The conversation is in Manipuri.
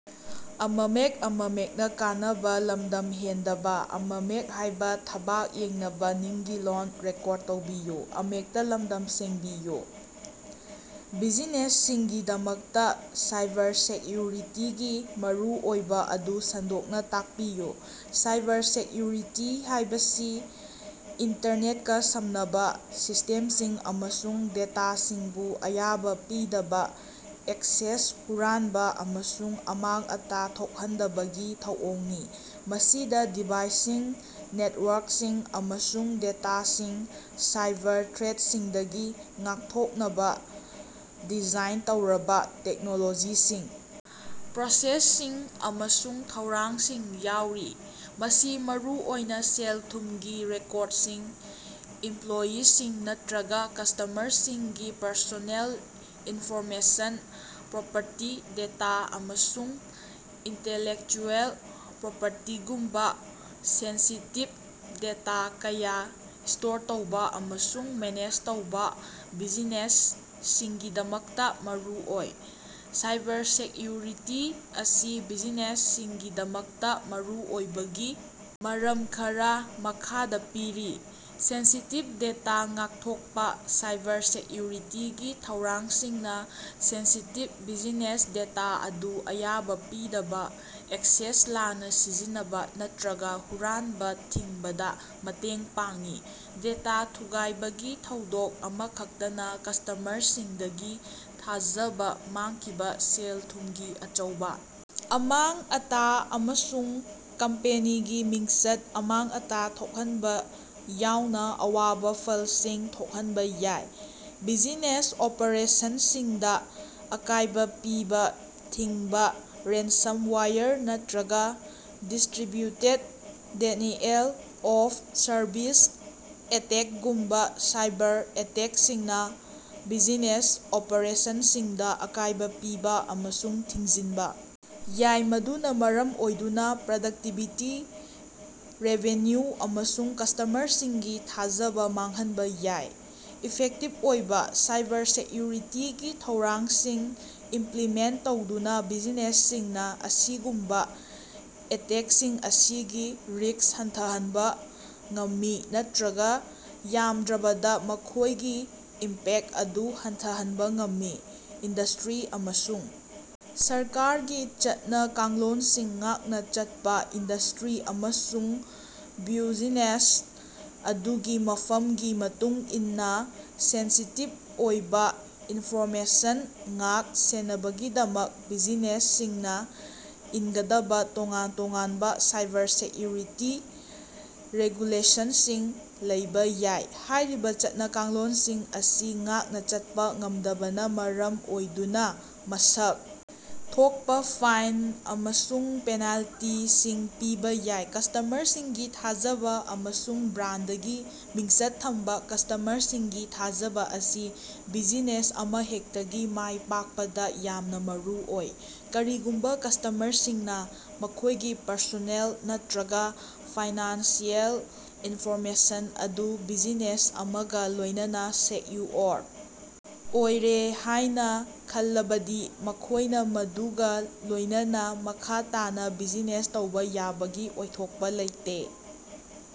ꯕꯤꯖꯤꯅꯦꯁꯁꯤꯡꯒꯤꯗꯃꯛꯇ ꯁꯥꯏꯕꯔꯁꯦꯛꯌꯨꯔꯤꯇꯤꯒꯤ ꯃꯔꯨꯑꯣꯏꯕ ꯑꯗꯨ ꯁꯟꯗꯣꯛꯅꯥ ꯇꯥꯛꯄꯤꯌꯨ꯫ ꯁꯥꯏꯕꯔꯁꯦꯛꯌꯨꯔꯤꯇꯤ ꯍꯥꯏꯕꯁꯤ ꯏꯟꯇꯔꯅꯦꯠꯀꯥ ꯁꯝꯅꯕ ꯁꯤꯁꯇꯦꯝꯁꯤꯡ ꯑꯃꯁꯨꯡ ꯗꯦꯇꯥꯁꯤꯡꯕꯨ ꯑꯌꯥꯕꯥ ꯄꯤꯗꯕ ꯑꯦꯛꯁꯦꯁ ꯍꯨꯔꯥꯟꯕ ꯑꯃꯁꯨꯡ ꯑꯃꯥꯡ ꯑꯇꯥ ꯊꯣꯛꯍꯟꯗꯕꯒꯤ ꯊꯧꯑꯣꯡꯅꯤ꯫ ꯃꯁꯤꯗ ꯗꯤꯚꯥꯏꯁꯁꯤꯡ ꯅꯦꯇꯋꯥꯔꯛꯁꯤꯡ ꯑꯃꯁꯨꯡ ꯗꯦꯇꯥꯁꯤꯡ ꯁꯥꯏꯕꯔ ꯊ꯭ꯔꯦꯠꯁꯤꯡꯗꯒꯤ ꯉꯥꯛꯊꯣꯛꯅꯕ ꯗꯤꯖꯥꯏꯟ ꯇꯧꯔꯕ ꯇꯦꯛꯅꯣꯂꯣꯖꯤꯁꯤꯡ ꯄ꯭ꯔꯣꯁꯦꯁꯁꯤꯡ ꯑꯃꯁꯨꯡ ꯊꯧꯔꯥꯡꯁꯤꯡ ꯌꯥꯎꯔꯤ꯫ ꯃꯁꯤ ꯃꯔꯨꯑꯣꯏꯅ ꯁꯦꯜ ꯊꯨꯝꯒꯤ ꯔꯦꯀꯣꯔꯠꯁꯤꯡ ꯏꯝꯄꯂꯣꯌꯤꯁꯤꯡ ꯅꯠꯇ꯭ꯔꯒ ꯀꯁꯇꯃꯔꯁꯤꯡꯒꯤ ꯄꯔꯁꯣꯅꯦꯜ ꯏꯟꯐꯣꯔꯃꯦꯁꯟ ꯄ꯭ꯔꯣꯄꯔꯇꯤ ꯗꯦꯇꯥ ꯑꯃꯁꯨꯡ ꯏꯟꯇꯦꯂꯦꯛꯆꯨꯑꯦꯜ ꯄ꯭ꯔꯣꯄꯔꯇꯤꯒꯨꯝꯕ ꯁꯦꯟꯁꯤꯇꯤꯞ ꯗꯦꯇꯥ ꯀꯌꯥ ꯁꯇꯣꯔ ꯇꯧꯕ ꯑꯃꯁꯨꯡ ꯃꯦꯅꯦꯖ ꯇꯧꯕ ꯕꯤꯖꯤꯅꯦꯁꯁꯤꯡꯒꯤꯗꯃꯛꯇ ꯃꯔꯨꯑꯣꯏ꯫ ꯁꯥꯏꯕꯔꯁꯦꯛꯌꯨꯔꯤꯇꯤ ꯑꯁꯤ ꯕꯤꯖꯤꯅꯦꯁꯁꯤꯡꯒꯤꯗꯃꯛꯇ ꯃꯔꯨꯑꯣꯏꯕꯒꯤ ꯃꯔꯝ ꯈꯔꯥ ꯃꯈꯥꯗ ꯄꯤꯔꯤ ꯁꯦꯟꯁꯤꯇꯤꯚ ꯗꯦꯇꯥ ꯉꯥꯛꯊꯣꯛꯄ ꯁꯥꯏꯕꯔꯁꯦꯛꯌꯨꯔꯤꯇꯤꯒꯤ ꯊꯧꯔꯥꯡꯁꯤꯡꯅ ꯁꯦꯟꯁꯤꯇꯤꯞ ꯕꯤꯖꯅꯦꯁ ꯗꯦꯇꯥ ꯑꯗꯨ ꯑꯌꯥꯕ ꯄꯤꯗꯕ ꯑꯦꯛꯁꯦꯁ ꯂꯥꯟꯅ ꯁꯤꯖꯤꯟꯅꯕ ꯅꯠꯇ꯭ꯔꯒ ꯍꯨꯔꯥꯟꯕ ꯊꯤꯡꯕꯗ ꯃꯇꯦꯡ ꯄꯥꯡꯏ꯫ ꯗꯦꯇꯥ ꯊꯨꯒꯥꯏꯕꯒꯤ ꯊꯧꯗꯣꯛ ꯑꯃꯈꯛꯇꯅ ꯀꯁꯇꯃꯔꯁꯤꯡꯗꯒꯤ ꯊꯥꯖꯕ ꯃꯥꯡꯈꯤꯕ ꯁꯦꯜ ꯊꯨꯝꯒꯤ ꯑꯆꯧꯕ ꯑꯃꯥꯡ ꯑꯇꯥ ꯑꯃꯁꯨꯡ ꯀꯝꯄꯦꯅꯤꯒꯤ ꯃꯤꯡꯆꯠꯇ ꯑꯃꯥꯡ ꯑꯇꯥ ꯊꯣꯛꯍꯟꯕ ꯌꯥꯎꯅ ꯑꯋꯥꯕ ꯐꯜꯁꯤꯡ ꯊꯣꯛꯍꯟꯕ ꯌꯥꯏ꯫ ꯕꯤꯖꯤꯅꯦꯁ ꯑꯣꯄꯔꯦꯁꯟꯁꯤꯡꯗ ꯑꯀꯥꯏꯕ ꯄꯤꯕ ꯊꯤꯡꯕ ꯔꯦꯟꯁꯝꯋꯥꯌꯔ ꯅꯠꯇ꯭ꯔꯒꯥ ꯗꯤꯁꯇꯔꯤꯕꯌꯨꯇꯦꯠ ꯗꯦꯅꯤꯑꯦꯜ ꯑꯣꯐ ꯁꯔꯚꯤꯁ ꯑꯦꯇꯦꯛꯒꯨꯝꯕ ꯁꯥꯏꯕꯔ ꯑꯦꯇꯦꯛꯁꯤꯡꯅ ꯕꯤꯖꯤꯅꯦꯁ ꯑꯣꯄꯔꯦꯁꯟꯁꯤꯡꯗ ꯑꯀꯥꯏꯕ ꯄꯤꯕ ꯑꯃꯁꯨꯡ ꯊꯤꯡꯖꯤꯟꯕ ꯌꯥꯏ ꯃꯗꯨꯅ ꯃꯔꯝ ꯑꯣꯏꯗꯨꯅ ꯄ꯭ꯔꯗꯛꯇꯤꯚꯤꯇꯤ ꯔꯦꯚꯤꯟꯌꯨ ꯑꯃꯁꯨꯡ ꯀꯁꯇꯃꯔꯁꯤꯡꯒꯤ ꯊꯥꯖꯕ ꯃꯥꯡꯍꯟꯕ ꯌꯥꯏ꯫ ꯏꯐꯦꯛꯇꯤꯚ ꯑꯣꯏꯕ ꯁꯥꯏꯕꯔꯁꯦꯛꯌꯨꯔꯤꯇꯤꯒꯤ ꯊꯧꯔꯥꯡꯁꯤꯡ ꯏꯝꯄꯂꯤꯃꯦꯟꯇ ꯇꯧꯗꯨꯅ ꯕꯤꯖꯤꯅꯦꯁꯁꯤꯡꯅ ꯑꯁꯤꯒꯨꯝꯕ ꯑꯦꯇꯦꯛꯁꯤꯡ ꯑꯁꯤꯒꯤ ꯔꯤꯁ꯭ꯛ ꯍꯟꯊꯍꯟꯕ ꯉꯝꯃꯤ ꯅꯠꯇ꯭ꯔꯒꯥ ꯌꯥꯝꯗ꯭ꯔꯕꯗ ꯃꯈꯣꯏꯒꯤ ꯏꯝꯄꯦꯛꯇ ꯑꯗꯨ ꯍꯟꯊꯍꯟꯕ ꯉꯝꯃꯤ꯫ ꯏꯟꯗꯁꯇꯔꯤ ꯑꯃꯁꯨꯡ ꯁꯔꯀꯥꯔꯒꯤ ꯆꯠꯅ ꯀꯥꯡꯂꯣꯟꯁꯤꯡ ꯉꯥꯛꯅ ꯆꯠꯄ ꯏꯟꯗꯁꯇꯔꯤ ꯑꯃꯁꯨꯡ ꯕ꯭ꯌꯨꯖꯤꯅꯦꯁ ꯑꯗꯨꯒꯤ ꯃꯐꯝꯒꯤ ꯃꯇꯨꯡꯏꯟꯅ ꯁꯦꯟꯁꯤꯇꯤꯞ ꯑꯣꯏꯕ ꯏꯟꯐꯣꯔꯃꯦꯁꯟ ꯉꯥꯛ ꯁꯦꯟꯅꯕꯒꯤꯗꯃꯛ ꯕꯤꯖꯤꯅꯦꯁꯁꯤꯡꯅ ꯏꯟꯒꯗꯕ ꯇꯣꯉꯥꯟ ꯇꯣꯉꯥꯟꯕ ꯁꯥꯏꯕꯔꯁꯦꯛꯌꯨꯔꯤꯇꯤ ꯔꯦꯒꯨꯂꯦꯁꯟꯁꯤꯡ ꯂꯩꯕꯥꯌꯥꯏ꯫ ꯍꯥꯏꯔꯤꯕ ꯆꯠꯅ ꯀꯥꯡꯂꯣꯟꯁꯤꯡ ꯑꯁꯤ ꯉꯥꯛꯅ ꯆꯠꯄ ꯉꯝꯗꯕꯅ ꯃꯔꯝ ꯑꯣꯏꯗꯨꯅ ꯃꯁꯛ ꯊꯣꯛꯄꯥ ꯐꯥꯏꯟ ꯑꯃꯁꯨꯡ ꯄꯦꯅꯥꯜꯇꯤꯁꯤꯡ ꯄꯤꯕ ꯌꯥꯏ꯫ ꯀꯁꯇꯃꯔꯁꯤꯡꯒꯤ ꯊꯥꯖꯕ ꯑꯃꯁꯨꯡ ꯕ꯭ꯔꯥꯟꯗꯒꯤ ꯃꯤꯡꯆꯠ ꯊꯝꯕ ꯀꯁꯇꯃꯔꯁꯤꯡꯒꯤ ꯊꯥꯖꯕ ꯑꯁꯤ ꯕꯤꯖꯤꯅꯦꯁ ꯑꯃꯍꯦꯛꯇꯒꯤ ꯃꯥꯏ ꯄꯥꯛꯄꯗ ꯌꯥꯝꯅ ꯃꯔꯨꯑꯣꯏ꯫ ꯀꯔꯤꯒꯨꯝꯕ ꯀꯁꯇꯃꯔꯁꯤꯡꯅ ꯃꯈꯣꯏꯒꯤ ꯄꯔꯁꯣꯅꯦꯜ ꯅꯠꯇ꯭ꯔꯒꯥ ꯐꯥꯏꯅꯥꯟꯁꯤꯑꯦꯜ ꯏꯟꯐꯣꯔꯃꯦꯁꯟ ꯑꯗꯨ ꯕꯤꯖꯤꯅꯦꯁ ꯑꯃꯒ ꯂꯣꯏꯅꯅ ꯁꯦꯛꯌꯨꯑꯣꯔ ꯑꯣꯏꯔꯦ ꯍꯥꯏꯅ ꯈꯜꯂꯕꯗꯤ ꯃꯈꯣꯏꯅ ꯃꯗꯨꯒ ꯂꯣꯏꯅꯅ ꯃꯈꯥ ꯇꯥꯅ ꯕꯤꯖꯤꯅꯦꯁ ꯇꯧꯕ ꯌꯥꯕꯒꯤ ꯑꯣꯏꯊꯣꯛꯄ ꯂꯩꯇꯦ꯫